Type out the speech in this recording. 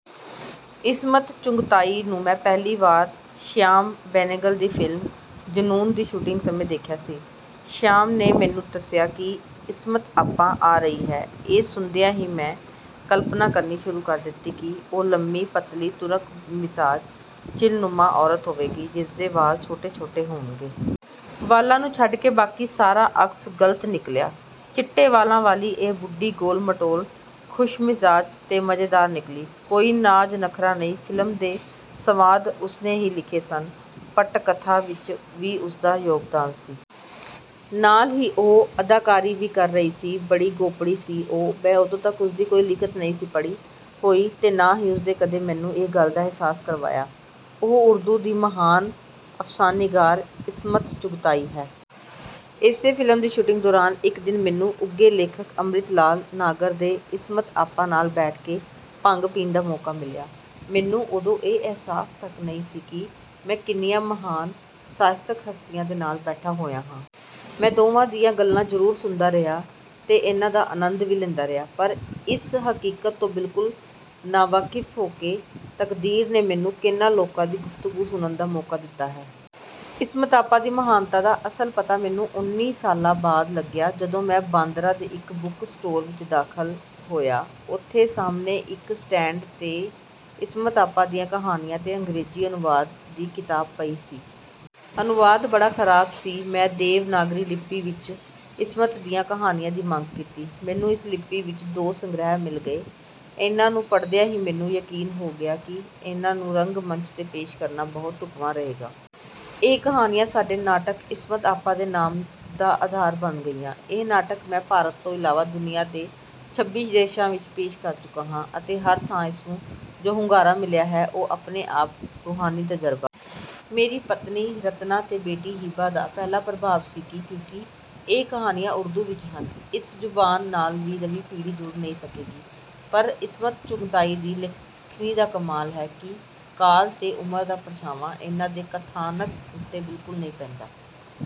ਇਸਮਤ ਚੁਗਤਾਈ ਨੂੰ ਮੈਂ ਪਹਿਲੀ ਵਾਰ ਸ਼ਿਆਮ ਬੇਨੇਗਲ ਦੀ ਫ਼ਿਲਮ 'ਜੁਨੂਨ' ਦੀ ਸ਼ੂਟਿੰਗ ਸਮੇਂ ਦੇਖਿਆ ਸੀ। ਸ਼ਿਆਮ ਨੇ ਮੈਨੂੰ ਦੱਸਿਆ ਕਿ 'ਇਸਮਤ ਆਪਾ' ਆ ਰਹੀ ਹੈ। ਇਹ ਸੁਣਦਿਆਂ ਹੀ ਮੈਂ ਕਲਪਨਾ ਕਰਨੀ ਸ਼ੁਰੂ ਕਰ ਦਿੱਤੀ ਕਿ ਉਹ ਲੰਮੀ, ਪਤਲੀ, ਤੁਨਕ-ਮਿਜ਼ਾਜ, ਚੀਲਨੁਮਾ ਔਰਤ ਹੋਵੇਗੀ ਜਿਸ ਦੇ ਵਾਲ ਛੋਟੇ-ਛੋਟੇ ਹੋਣਗੇ। ਵਾਲਾਂ ਨੂੰ ਛੱਡ ਕੇ ਬਾਕੀ ਸਾਰਾ ਅਕਸ ਗ਼ਲਤ ਨਿਕਲਿਆ। ਚਿੱਟੇ ਵਾਲਾਂ ਵਾਲੀ ਇਹ 'ਬੁੱਢੀ' ਗੋਲ-ਮਟੋਲ, ਖੁਸ਼ਮਿਜ਼ਾਜ ਤੇ ਮਜ਼ੇਦਾਰ ਨਿਕਲੀ। ਕੋਈ ਨਾਜ਼-ਨਖ਼ਰਾ ਨਹੀਂ। ਫ਼ਿਲਮ ਦੇ ਸੰਵਾਦ ਉਸ ਨੇ ਲਿਖੇ ਹੀ ਸਨ, ਪਟਕਥਾ ਵਿੱਚ ਵੀ ਉਸਦਾ ਯੋਗਦਾਨ ਸੀ। ਨਾਲ ਹੀ ਉਹ ਅਦਾਕਾਰੀ ਵੀ ਕਰ ਰਹੀ ਸੀ। ਬੜੀ ਗੱਪੋੜੀ ਸੀ ਉਹ। ਮੈਂ ਉਦੋਂ ਤੱਕ ਉਸਦੀ ਕੋਈ ਲਿਖਤ ਨਹੀਂ ਸੀ ਪੜ੍ਹੀ ਹੋਈ ਅਤੇ ਨਾ ਹੀ ਉਸ ਨੇ ਕਦੇ ਮੈਨੂੰ ਇਸ ਗੱਲ ਦਾ ਅਹਿਸਾਸ ਕਰਵਾਇਆ ਕਿ ਉਹ ਉਰਦੂ ਦੀ ਮਹਾਨ ਅਫ਼ਸਾਨਿਗਾਰ ਇਸਮਤ ਚੁਗਤਾਈ ਹੈ। ਇਸੇ ਫ਼ਿਲਮ ਦੀ ਸ਼ੂਟਿੰਗ ਦੌਰਾਨ ਇੱਕ ਦਿਨ ਮੈਨੂੰ ਉੱਘੇ ਲੇਖਕ ਅੰਮ੍ਰਿਤਲਾਲ ਨਾਗਰ ਤੇ ਇਸਮਤ ਆਪਾ ਨਾਲ ਬੈਠ ਕੇ ਭੰਗ ਪੀਣ ਦਾ ਮੌਕਾ ਮਿਲਿਆ। ਮੈਨੂੰ ਉਦੋਂ ਇਹ ਅਹਿਸਾਸ ਤੱਕ ਨਹੀਂ ਸੀ ਕਿ ਮੈਂ ਕਿੰਨੀਆਂ ਮਹਾਨ ਸਾਹਿਤਕ ਹਸਤੀਆਂ ਦੇ ਨਾਲ ਬੈਠਾ ਹੋਇਆ ਹਾਂ। ਮੈਂ ਦੋਵਾਂ ਦੀਆਂ ਗੱਲਾਂ ਜ਼ਰੂਰ ਸੁਣਦਾ ਰਿਹਾ ਤੇ ਇਹਨਾਂ ਦਾ ਆਨੰਦ ਵੀ ਲੈਂਦਾ ਰਿਹਾ, ਪਰ ਇਸ ਹਕੀਕਤ ਤੋਂ ਬਿਲਕੁਲ ਨਾਵਾਕਿਫ਼ ਹੋ ਕੇ ਕਿ ਤਕਦੀਰ ਨੇ ਮੈਨੂੰ ਕਿਹਨਾਂ ਲੋਕਾਂ ਦੀ ਗੁਫ਼ਤਗੂ ਸੁਣਨ ਦਾ ਮੌਕਾ ਦਿੱਤਾ ਹੈ। ਇਸਮਤ ਆਪਾ ਦੀ ਮਹਾਨਤਾ ਦਾ ਅਸਲ ਪਤਾ ਮੈਨੂੰ ਉੱਨੀ ਸਾਲਾਂ ਬਾਅਦ ਲੱਗਿਆ ਜਦੋਂ ਮੈਂ ਬਾਂਦਰਾ ਦੇ ਇੱਕ ਬੁੱਕ ਸਟੋਰ ਵਿੱਚ ਦਾਖ਼ਲ ਹੋਇਆ। ਉੱਥੇ ਸਾਹਮਣੇ ਹੀ ਇੱਕ ਸਟੈਂਡ 'ਤੇ ਇਸਮਤ ਆਪਾ ਦੀਆਂ ਕਹਾਣੀਆਂ ਦੇ ਅੰਗਰੇਜ਼ੀ ਅਨੁਵਾਦ ਦੀ ਕਿਤਾਬ ਪਈ ਸੀ। ਅਨੁਵਾਦ ਬੜਾ ਖਰਾਬ ਸੀ। ਮੈਂ ਦੇਵਨਾਗਰੀ ਲਿੱਪੀ ਵਿੱਚ ਇਸਮਤ ਦੀਆਂ ਕਹਾਣੀਆਂ ਦੀ ਮੰਗ ਕੀਤੀ। ਮੈਨੂੰ ਇਸ ਲਿੱਪੀ ਵਿੱਚ ਦੋ ਸੰਗ੍ਰਹਿ ਮਿਲ ਗਏ। ਇਨ੍ਹਾਂ ਨੂੰ ਪੜ੍ਹਦਿਆਂ ਹੀ ਮੈਨੂੰ ਯਕੀਨ ਹੋ ਗਿਆ ਕਿ ਇਨ੍ਹਾਂ ਨੂੰ ਰੰਗਮੰਚ 'ਤੇ ਪੇਸ਼ ਕਰਨਾ ਬਹੁਤ ਢੁੱਕਵਾਂ ਰਹੇਗਾ। ਇਹ ਕਹਾਣੀਆਂ ਸਾਡੇ ਨਾਟਕ 'ਇਸਮਤ ਆਪਾ ਕੇ ਨਾਮ' ਦਾ ਆਧਾਰ ਬਣ ਗਈਆਂ। ਇਹ ਨਾਟਕ, ਮੈਂ ਭਾਰਤ ਤੋਂ ਇਲਾਵਾ ਦੁਨੀਆਂ ਦੇ ਛੱਬੀ ਦੇਸ਼ਾਂ ਵਿੱਚ ਪੇਸ਼ ਕਰ ਚੁੱਕਾ ਹਾਂ ਅਤੇ ਹਰ ਥਾਂ ਇਸਨੂੰ ਜੋ ਹੁੰਗਾਰਾ ਮਿਲਿਆ ਹੈ, ਉਹ ਆਪਣੇ ਆਪ ਵਿੱਚ ਰੂਹਾਨੀ ਤਜਰਬਾ ਹੈ। ਮੇਰੀ ਪਤਨੀ ਰਤਨਾ ਤੇ ਬੇਟੀ ਹੀਬਾ ਦਾ ਪਹਿਲਾ ਪ੍ਰਭਾਵ ਸੀ ਕਿ ਕਿਉਂਕਿ ਇਹ ਕਹਾਣੀਆਂ ਉਰਦੂ ਵਿੱਚ ਹਨ, ਇਸ ਜ਼ੁਬਾਨ ਨਾਲ ਨਵੀਂ ਪੀੜ੍ਹੀ ਜੁੜ ਨਹੀਂ ਸਕੇਗੀ। ਪਰ ਇਸਮਤ ਚੁਗਤਾਈ ਦੀ ਲੇਖਣੀ ਦਾ ਕਮਾਲ ਹੈ ਕਿ ਕਾਲ ਤੇ ਉਮਰ ਦਾ ਪਰਛਾਵਾਂ ਇਹਨਾਂ ਦੇ ਕਥਾਨਕ ਉੱਤੇ ਬਿਲਕੁਲ ਨਹੀਂ ਪੈਂਦਾ।